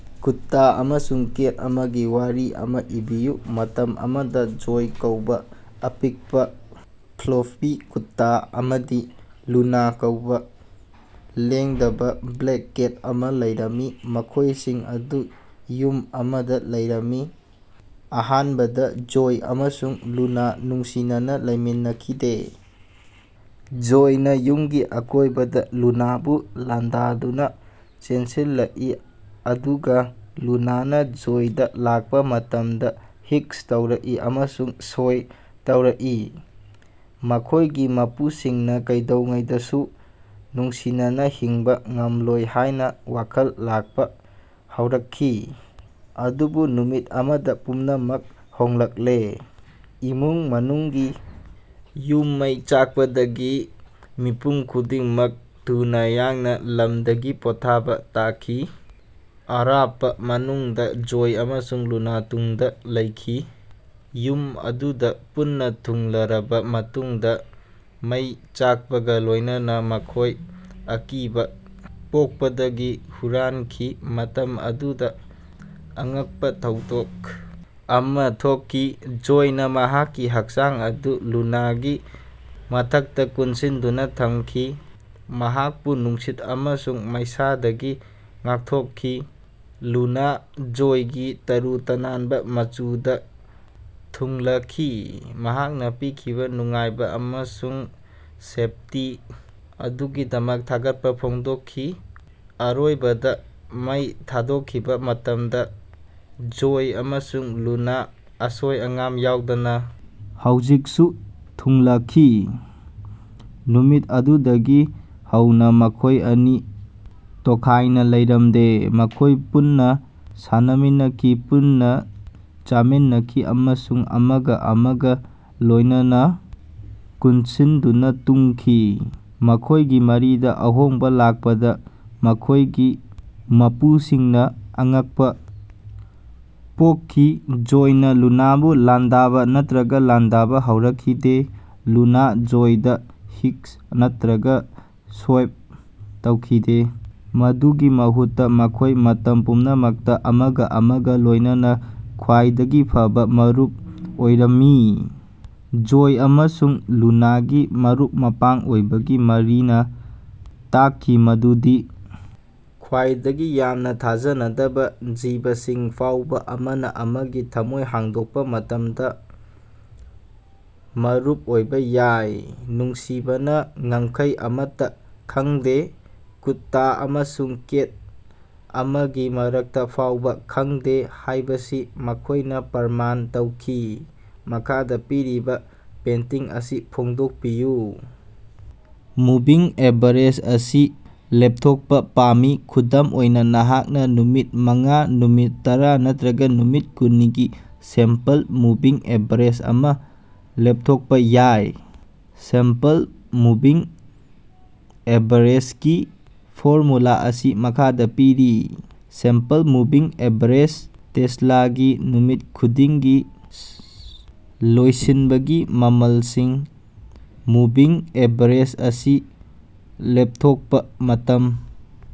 ꯀꯨꯠꯇ ꯑꯃꯁꯨꯡ ꯀꯦꯠ ꯑꯃꯒꯤ ꯋꯥꯔꯤ ꯑꯃ ꯏꯕꯤꯌꯨ꯫ ꯃꯇꯝ ꯑꯃꯗ ꯖꯣꯏ ꯀꯧꯕ ꯑꯄꯤꯛꯄ, ꯐ꯭ꯂꯨꯐꯤ ꯀꯨꯠꯇꯥ ꯑꯃꯗꯤ ꯂꯨꯅ ꯀꯧꯕ ꯂꯦꯡꯗꯕ ꯕ꯭ꯂꯦꯛ ꯀꯦꯠ ꯑꯃ ꯂꯩꯔꯝꯃꯤ, ꯃꯈꯣꯏꯁꯤꯡ ꯑꯗꯨ ꯌꯨꯝ ꯑꯃꯗ ꯂꯩꯔꯝꯃꯤ꯫ ꯑꯍꯥꯟꯕꯗ ꯖꯣꯏ ꯑꯃꯁꯨꯡ ꯂꯨꯅ ꯅꯨꯡꯁꯤꯅꯅ ꯂꯩꯃꯤꯟꯅꯈꯤꯗꯦ꯫ ꯖꯣꯏꯅ ꯌꯨꯝꯒꯤ ꯑꯀꯣꯏꯕꯗ ꯂꯨꯅꯥꯕꯨ ꯂꯥꯟꯗꯥꯗꯨꯅ ꯆꯦꯟꯁꯤꯜꯂꯛꯏ ꯑꯗꯨꯒ ꯂꯨꯅꯥꯅ ꯖꯣꯏꯗ ꯂꯥꯛꯄ ꯃꯇꯝꯗ ꯍꯤꯁ ꯇꯧꯔꯛꯏ ꯑꯃꯁꯨꯡ ꯁꯣꯏ ꯇꯧꯔꯛꯏ꯫ ꯃꯈꯣꯏꯒꯤ ꯃꯄꯨꯁꯤꯡꯅ ꯀꯩꯗꯧꯉꯩꯗꯁꯨ ꯅꯨꯡꯁꯤꯅꯅ ꯍꯤꯡꯕ ꯉꯝꯂꯣꯏ ꯍꯥꯏꯅ ꯋꯥꯈꯜ ꯂꯥꯛꯄ ꯍꯧꯔꯛꯈꯤ꯫ ꯑꯗꯨꯕꯨ ꯅꯨꯃꯤꯠ ꯑꯃꯗ ꯄꯨꯝꯅꯃꯛ ꯍꯣꯡꯂꯛꯂꯦ꯫ ꯏꯃꯨꯡ ꯃꯅꯨꯡꯒꯤ ꯌꯨꯝ ꯃꯩ ꯆꯥꯛꯄꯗꯒꯤ ꯃꯤꯄꯨꯝ ꯈꯨꯗꯤꯡꯃꯛ ꯊꯨꯅ ꯌꯥꯡꯅ ꯂꯝꯗꯒꯤ ꯄꯣꯠꯊꯥꯕ ꯇꯥꯈꯤ꯫ ꯑꯔꯥꯞꯄ ꯃꯅꯨꯡꯗ ꯖꯣꯏ ꯑꯃꯁꯨꯡ ꯂꯨꯅꯥ ꯇꯨꯡꯗ ꯂꯩꯈꯤ꯫ ꯌꯨꯝ ꯑꯗꯨꯗ ꯄꯨꯟꯅ ꯊꯨꯡꯂꯔꯕ ꯃꯇꯨꯡꯗ ꯃꯩ ꯆꯥꯛꯄꯒ ꯂꯣꯏꯅꯅ ꯃꯈꯣꯏ ꯑꯀꯤꯕ ꯄꯣꯛꯄꯗꯒꯤ ꯍꯨꯔꯥꯟꯈꯤ꯫ ꯃꯇꯝ ꯑꯗꯨꯗ ꯑꯉꯛꯄ ꯊꯧꯗꯣꯛ ꯑꯃ ꯊꯣꯛꯈꯤ꯫ ꯖꯣꯏꯅ ꯃꯍꯥꯛꯀꯤ ꯍꯛꯆꯥꯡ ꯑꯗꯨ ꯂꯨꯅꯥꯒꯤ ꯃꯊꯛꯇ ꯀꯨꯞꯁꯤꯟꯗꯨꯅ ꯊꯝꯈꯤ, ꯃꯍꯥꯛꯄꯨ ꯅꯨꯡꯁꯤꯠ ꯑꯃꯁꯨꯡ ꯃꯩꯁꯥꯗꯒꯤ ꯉꯥꯡꯊꯣꯛꯈꯤ꯫ ꯂꯨꯅꯥ ꯖꯣꯏꯒꯤ ꯇꯔꯨ ꯇꯅꯥꯟꯕ ꯃꯆꯨꯗ ꯊꯨꯡꯂꯈꯤ, ꯃꯍꯥꯛꯅ ꯄꯤꯈꯤꯕ ꯅꯨꯡꯉꯥꯏꯕ ꯑꯃꯁꯨꯡ ꯁꯦꯐꯇꯤ ꯑꯗꯨꯒꯤꯗꯃꯛ ꯊꯥꯒꯠꯄ ꯐꯣꯡꯗꯣꯛꯈꯤ꯫ ꯑꯔꯣꯏꯕꯗ ꯃꯩ ꯊꯥꯗꯣꯛꯈꯤꯕ ꯃꯇꯝꯗ ꯖꯣꯏ ꯑꯃꯁꯨꯡ ꯂꯨꯅꯥ, ꯑꯁꯣꯏ ꯑꯉꯥꯝ ꯌꯥꯎꯗꯅ, ꯍꯧꯖꯤꯛꯁꯨ ꯊꯨꯡꯂꯈꯤ꯫ ꯅꯨꯃꯤꯠ ꯑꯗꯨꯗꯒꯤ ꯍꯧꯅ ꯃꯈꯣꯏ ꯑꯅꯤ ꯇꯣꯈꯥꯏꯅ ꯂꯩꯔꯝꯗꯦ꯫ ꯃꯈꯣꯏ ꯄꯨꯟꯅ ꯁꯥꯟꯅꯃꯤꯟꯅꯈꯤ, ꯄꯨꯟꯅ ꯆꯥꯃꯤꯟꯅꯈꯤ ꯑꯃꯁꯨꯡ ꯑꯃꯒ ꯑꯃꯒ ꯂꯣꯏꯅꯅ ꯀꯨꯟꯁꯤꯟꯗꯨꯅ ꯇꯨꯝꯃꯤ꯫ ꯃꯈꯣꯏꯒꯤ ꯃꯔꯤꯗ ꯑꯍꯣꯡꯕ ꯂꯥꯛꯄꯗ ꯃꯈꯣꯏꯒꯤ ꯃꯄꯨꯁꯤꯡꯅ ꯑꯉꯛꯄ ꯄꯣꯛꯈꯤ꯫ ꯖꯣꯏꯅ ꯂꯨꯅꯥꯕꯨ ꯂꯥꯟꯗꯥꯕ ꯅꯠꯇ꯭ꯔꯒ ꯂꯥꯟꯗꯥꯕ ꯍꯧꯔꯛꯈꯤꯗꯦ, ꯂꯨꯅꯥ ꯖꯣꯏꯗ ꯍꯤꯁ ꯅꯠꯇ꯭ꯔꯒ ꯁꯣꯏꯞ ꯇꯧꯈꯤꯗꯦ꯫ ꯃꯗꯨꯒꯤ ꯃꯍꯨꯠꯇ ꯃꯈꯣꯏ ꯃꯇꯝ ꯄꯨꯝꯅꯃꯛꯇ ꯑꯃꯒ ꯑꯃꯒ ꯂꯣꯏꯅꯅ ꯈ꯭ꯋꯥꯏꯗꯒꯤ ꯐꯕ ꯃꯔꯨꯞ ꯑꯣꯏꯔꯝꯃꯤ꯫ ꯖꯣꯏ ꯑꯃꯁꯨꯡ ꯂꯨꯅꯥꯒꯤ ꯃꯔꯨꯞ-ꯃꯄꯥꯡ ꯑꯣꯏꯕꯒꯤ ꯃꯔꯤꯅ ꯇꯥꯛꯈꯤ ꯃꯗꯨꯗꯤ ꯈ꯭ꯋꯥꯏꯗꯒꯤ ꯌꯥꯝꯅ ꯊꯥꯖꯗꯕ ꯖꯤꯕꯁꯤꯡ ꯐꯥꯎꯕ ꯑꯃꯅ ꯑꯃꯒꯤ ꯊꯝꯃꯣꯏ ꯍꯥꯡꯗꯣꯛꯄ ꯃꯇꯝꯗ ꯃꯔꯨꯞ ꯑꯣꯏꯕ ꯌꯥꯏ꯫ ꯅꯨꯡꯁꯤꯕꯅ ꯉꯝꯈꯩ ꯑꯃꯠꯇ ꯈꯪꯗꯦ, ꯀꯨꯠꯇ ꯑꯃꯁꯨꯡ ꯀꯦꯠ ꯑꯃꯒꯤ ꯃꯔꯛꯇ ꯐꯥꯎꯕ ꯈꯪꯗꯦ ꯍꯥꯏꯕꯁꯤ ꯃꯈꯣꯏꯅ ꯄ꯭ꯔꯃꯥꯟ ꯇꯧꯈꯤ꯫ ꯃꯈꯥꯗ ꯄꯤꯔꯤꯕ ꯄꯦꯟꯇꯤꯡ ꯑꯁꯤ ꯐꯣꯡꯗꯣꯛꯄꯤꯌꯨ꯫ ꯃꯨꯚꯤꯡ ꯑꯦꯚꯔꯦꯖ ꯑꯁꯤ ꯂꯦꯞꯊꯣꯛꯄ ꯄꯥꯝꯃꯤ꯫ ꯈꯨꯗꯝ ꯑꯣꯏꯅ, ꯅꯍꯥꯛꯅ ꯅꯨꯃꯤꯠ ꯃꯉꯥ, ꯅꯨꯃꯤꯠ ꯇꯔꯥ ꯅꯠꯇ꯭ꯔꯒ ꯅꯨꯃꯤꯠ ꯀꯨꯟꯅꯤꯒꯤ ꯁꯤꯝꯄꯜ ꯃꯨꯚꯤꯡ ꯑꯦꯚꯔꯦꯖ ꯑꯃ ꯂꯦꯞꯊꯣꯛꯄ ꯌꯥꯏ꯫ ꯁꯤꯝꯄꯜ ꯃꯨꯚꯤꯡ ꯑꯦꯚꯔꯦꯖꯒꯤ ꯐꯣꯔꯃꯨꯂꯥ ꯑꯁꯤ ꯃꯈꯥꯗ ꯄꯤꯔꯤ꯫ ꯁꯤꯝꯄꯜ ꯃꯨꯚꯤꯡ ꯑꯦꯚꯔꯦꯖ, ꯇꯦꯁꯂꯥꯒꯤ ꯅꯨꯃꯤꯠ ꯈꯨꯗꯤꯡꯒꯤ ꯂꯣꯏꯁꯤꯟꯕꯒꯤ ꯃꯃꯜꯁꯤꯡ꯫ ꯃꯨꯚꯤꯡ ꯑꯦꯚꯔꯦꯖ ꯑꯁꯤ ꯂꯦꯄꯊꯣꯛꯄ ꯃꯇꯝ꯫